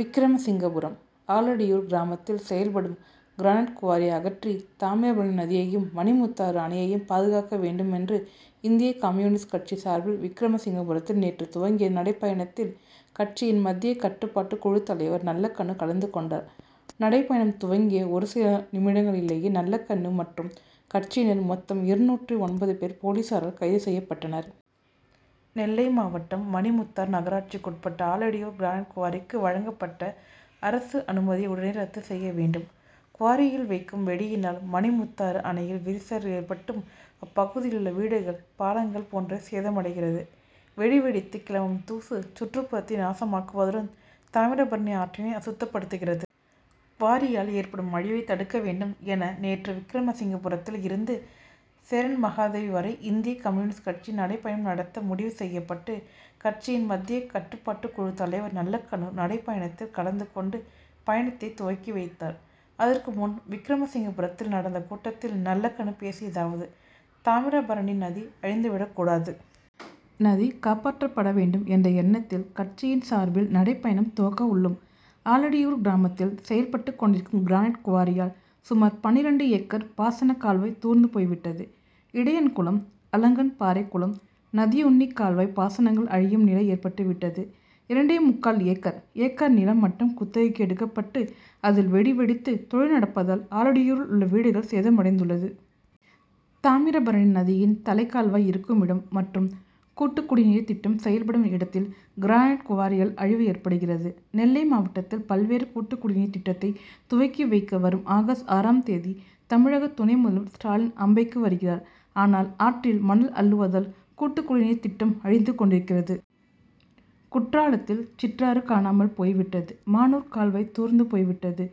விக்கிரமசிங்கபுரம்:ஆலடியூர் கிராமத்தில் செயல்படும் கிரானைட் குவாரியை அகற்றி தாமிரபணி நதியையும், மணிமுத்தாறு அணையையும் பாதுகாக்க வேண்டுமென்று இந்திய கம்யூ., கட்சி சார்பில் விக்கிரமசிங்கபுரத்தில் நேற்று துவங்கிய நடைபயணத்தில் கட்சியின் மத்திய கட்டுப்பாட்டு குழு தலைவர் நல்லகண்ணு கலந்து கொண்டார். நடைபயணம் துவங்கிய ஒரு சில நிமிடங்களிலேயே நல்லகண்ணு மற்றும் கட்சியினர் மொத்தம் இருநூற்று ஒன்பது பேர் போலீசாரால் கைது செய்யப்பட்டனர். நெல்லைமாவட்டம் மணிமுத்தாறு நகராட்சிக்குட்பட்ட ஆலடியூர் கிரானைட் குவாரிக்கு வழங்கப்பட்ட அரசு அனுமதியை உடனே ரத்து செய்ய வேண்டும். குவாரியில் வைக்கும் வெடியினால் மணிமுத்தாறு அணையில் விரிசல் ஏற்பட்டும், அப்பகுதியிலுள்ள வீடுகள், பாலங்கள் போன்றவை சேதமடைகிறது. வெடி வெடித்து கிளம்பும் தூசு சுற்றுப்புறத்தை நாசமாக்குவதுடன் தாமிரபரணி ஆற்றினை அசுத்தப்படுத்துகிறது. குவாரியால் ஏற்படும் அழிவை தடுக்க வேண்டும் என நேற்று விக்கிரமசிங்கபுரத்தில் இருந்து சேரன்மகாதேவி வரை இந்திய கம்யூ., கட்சி நடைபயணம் நடத்த முடிவு செய்யப்பட்டு கட்சியின் மத்திய கட்டுப்பாட்டுக்குழு தலைவர் நல்லகண்ணு நடைபயணத்தில் கலந்து கொண்டு பயணத்தை துவக்கி வைத்தார். அதற்கு முன் விக்கிரமசிங்கபுரத்தில் நடந்த கூட்டத்தில் நல்லகண்ணு பேசியதாவது:-தாமிரபரணி நதி அழிந்து விடக்கூடாது. நதி காப்பாற்றப்பட வேண்டும் என்ற எண்ணத்தில் கட்சியின் சார்பில் நடைபயணம் துவக்க உள்ளோம். ஆலடியூர் கிராமத்தில் செயல்பட்டு கொண்டிருக்கும் கிரானைட் குவாரியால் சுமார் பன்னிரண்டு ஏக்கர் பாசன கால்வாய் தூர்ந்து போய்விட்டது. இடையன்குளம், அலங்கன்பாறைகுளம், நதியுன்னிகால்வாய் பாசனங்கள் அழியும் நிலை ஏற்பட்டு விட்டது. இரண்டே முக்கால் ஏக்கர் ஏக்கர் நிலம் மட்டும் குத்தகைக்கு எடுக்கப்பட்டு அதில் வெடி வெடித்து தொழில் நடப்பதால் ஆலடியூரில் உள்ள வீடுகள் சேதமடைந்துள்ளது. தாமிரபரபணி நதியின் தலைக்கால்வாய் இருக்குமிடம் மற்றும் கூட்டுக்குடிநீர் திட்டம் செயல்படும் இடத்தில் கிரானைட் குவாரியால் அழிவு ஏற்படுகிறது. நெல்லை மாவட்டத்தில் பல்வேறு கூட்டுக்குடிநீர் திட்டத்தை துவக்கி வைக்க வரும் ஆகஸ்ட் ஆறாம் தேதி தமிழக துணை முதல்வர் ஸ்டாலின் அம்பைக்கு வருகிறார். ஆனால் ஆற்றில் மணல் அள்ளுவதால் கூட்டுக்குடிநீர் திட்டம் அழிந்து கொண்டிருக்கிறது. குற்றாலத்தில் சிற்றாறு காணாமல் போய்விட்டது. மானூர் கால்வாய் தூர்ந்து போய்விட்டது.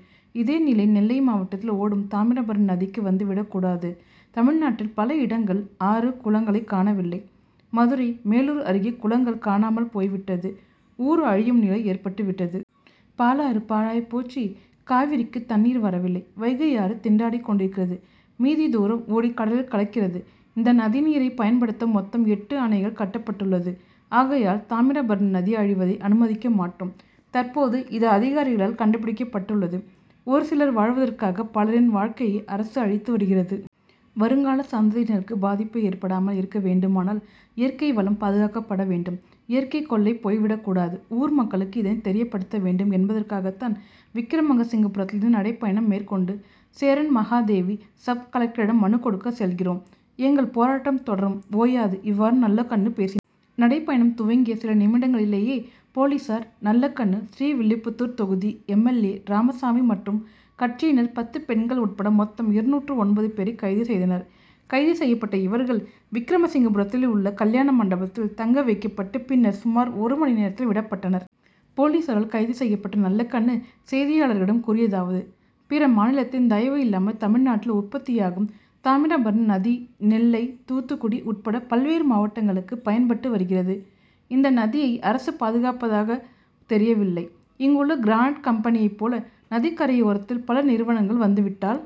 இதே நிலை நெல்லை மாவட்டத்தில் ஓடும் தாமிரபரணி நதிக்கு வந்துவிடக்கூடாது. தமிழ்நாட்டில் பல இடங்களில் ஆறு, குளங்களை காணவில்லை. மதுரை மேலூர் அருகே குளங்கள் காணாமல் போய்விட்டது. ஊர் அழியும் நிலை ஏற்பட்டு விட்டது. பாலாறு பாழாய் போச்சு, காவிரிக்கு தண்ணீர் வரவில்லை. வைகையாறு திண்டாடி கொண்டிருக்கிறது. மீ. தூரம் ஓடி கடலில் கலக்கிறது. இந்த நதிநீரை பயன்படுத்த மொத்தம் எட்டு அணைகள் கட்டப்பட்டுள்ளது. ஆகையால் தாமிரபரணி நதி அழிவதை அனுமதிக்க மாட்டோம். தற்போது இது அதிகாரிகளால் கண்டுபிடிக்கப்பட்டுள்ளது. ஒரு சிலர் வாழ்வதற்காக பலரின் வாழ்க்கையை அரசு அழித்து வருகிறது. வருங்கால சந்ததியினருக்கு பாதிப்பு ஏற்படாமல் இருக்க வேண்டுமானால் இயற்கை வளம் பாதுகாக்கப்பட வேண்டும். இயற்கை கொள்ளை போய்விடக்கூடாது. ஊர் மக்களுக்கு இதனை தெரியப்படுத்த வேண்டும் என்பதற்காகத்தான் விக்கிரமசிங்கபுரத்திலிருந்து நடைபயணம் மேற்கொண்டு சேரன்மகாதேவி சப்-கலெக்டரிடம் மனு கொடுக்க செல்கிறோம். எங்கள் போராட்டம் தொடரும் ஓயாது. இவ்வாறு நல்லகண்ணு பேசினார். நடைபயணம் துவங்கிய சில நிமிடங்களிலேயே போலீசார் நல்லகண்ணு, ஸ்ரீவில்லிபுத்தூர் தொகுதி எம். எல். ஏ., ராமசாமி மற்றும் கட்சியினர் பத்து பெண்கள் உட்பட மொத்தம் இருநூற்று ஒன்பது பேரை கைது செய்தனர். கைது செய்யப்பட்ட இவர்கள் விக்கிரமசிங்கபுரத்தில் உள்ள கல்யாண மண்டபத்தில் தங்க வைக்கப்பட்டு பின்னர் சுமார் ஒரு மணி நேரத்தில் விடப்பட்டனர். போலீசாரால் கைது செய்யப்பட்ட நல்லகண்ணு செய்தியாளர்களிடம் கூறியதாவது:-பிற மாநிலத்தின் தயவு இல்லாமல் தமிழ்நாட்டில் உற்பத்தியாகும் தாமிரபரணி நதி நெல்லை, தூத்துக்குடி உட்பட பல்வேறு மாவட்டங்களுக்கு பயன்பட்டு வருகிறது. இந்த நதியை அரசு பாதுகாப்பதாக தெரியவில்லை. இங்குள்ள கிரானைட் கம்பெனியை போல நதிக்கரையோரத்தில் பல நிறுவனங்கள் வந்துவிட்டால்